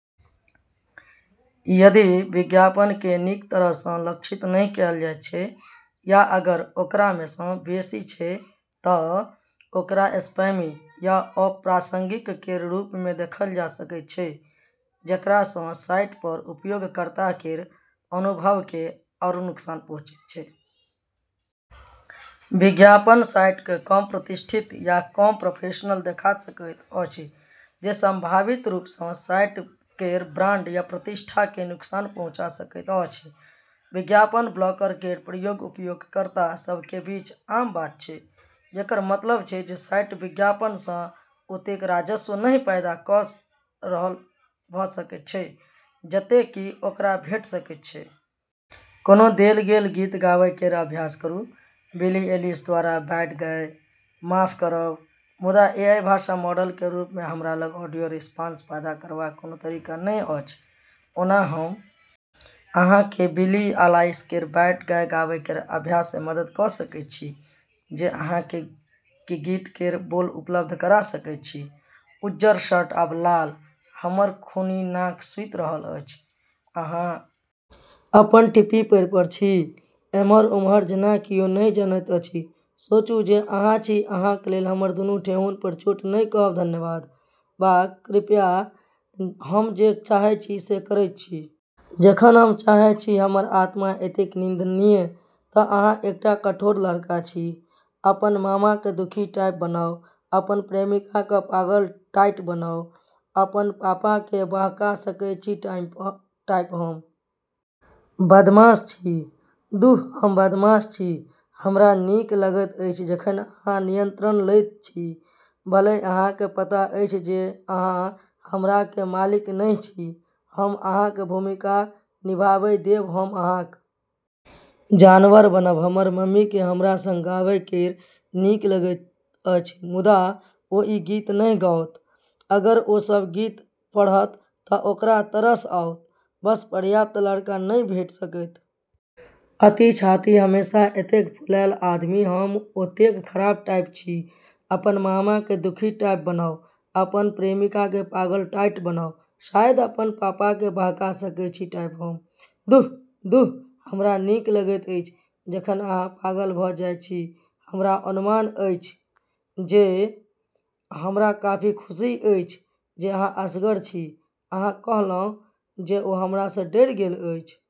यदि विज्ञापनकेँ नीक तरहसँ लक्षित नहि कएल जाइत छै या अगर ओकरामेसँ बेसी छै तऽ ओकरा स्पैमी या अप्रासंगिक केर रूपमे देखल जा सकैत छै, जेकरासँ साइटपर उपयोगकर्ता केर अनुभवकेँ आरू नुकसान पहुँचैत छै। विज्ञापन साइटकेँ कम प्रतिष्ठित या कम प्रोफेशनल देखा सकैत अछि, जे संभावित रूपसँ साइट केर ब्रांड या प्रतिष्ठाकेँ नुकसान पहुँचा सकैत अछि। विज्ञापन-ब्लॉकर केर प्रयोग उपयोगकर्ता सभ केर बीच आम बात छै, जेकर मतलब छै जे साइट विज्ञापनसँ ओतेक राजस्व नहि पैदा कऽ रहल भऽ सकैत छै जतेक कि ओकरा भेटि सकैत छै। कोनो देल गेल गीत गाबै केर अभ्यास करू। बिली एलिश द्वारा "बैड गाइ" माफ करब, मुदा एआई भाषा मॉडल केर रूपमे हमरा लग ऑडियो रिस्पांस पैदा करबाक कोनो तरीका नहि अछि। ओना, हम अहाँकेँ बिली आइलिश केर "बैड गाइ" गाबै केर अभ्यासमे मदद कऽ सकैत छी जे अहाँकेँ गीत केर बोल उपलब्ध करा सकैत छी: उज्जर शर्ट आब लाल, हमर खूनी नाक सुति रहल अछि, अहाँ अपन टिप्पी पैरपर छी ' इम्हर-उम्हर जेना कियो नहि जनैत अछि सोचू जे अहाँ छी अहाँक लेल हमर दुनू ठेहुनपर चोट नहि कहब धन्यवाद वा कृपया हम जे चाहैत छी से करैत छी जखन हम चाहैत छी हमर आत्मा एतेक निंदनीय तऽ अहाँ एकटा कठोर लड़का छी '' अपन मामाकेँ दुखी टाइप बनाउ अपन प्रेमिकाकेँ पागल टाइट बनाउ अपन पापाकेँ बहका सकैत छी टाइप हम बदमाश छी, दुह हम बदमाश छी हमरा नीक लगैत अछि जखन अहाँ नियंत्रण लैत छी भले अहाँकेँ पता अछि जे अहाँ हमरा के मालिक नहि छी, हम अहाँकेँ भूमिका निभाबै देब हम अहाँक जानवर बनब हमर मम्मीकेँ हमरा संग गाबै केर नीक लगैत अछि मुदा ओ ई गीत नहि गाओत अगर ओ सब गीत पढ़त तऽ ओकरा तरस आओत ' बस पर्याप्त लड़का नहि भेट सकैत अछि छाती हमेशा एतेक फुलाएल आदमी हम ओतेक खराब टाइप छी अपन मामाकेँ दुखी टाइप बनाउ अपन प्रेमिकाकेँ पागल टाइट बनाउ शायद अपन पापाकेँ बहका सकैत छी टाइप हम ', दुह ', दुह '', हमरा नीक लगैत अछि जखन अहाँ पागल भऽ जाइत छी हमरा अनुमान अछि जे हमरा काफी खुशी अछि जे अहाँ असगर छी अहाँ कहलहुँ जे ओ हमरासँ डरि गेल अछि?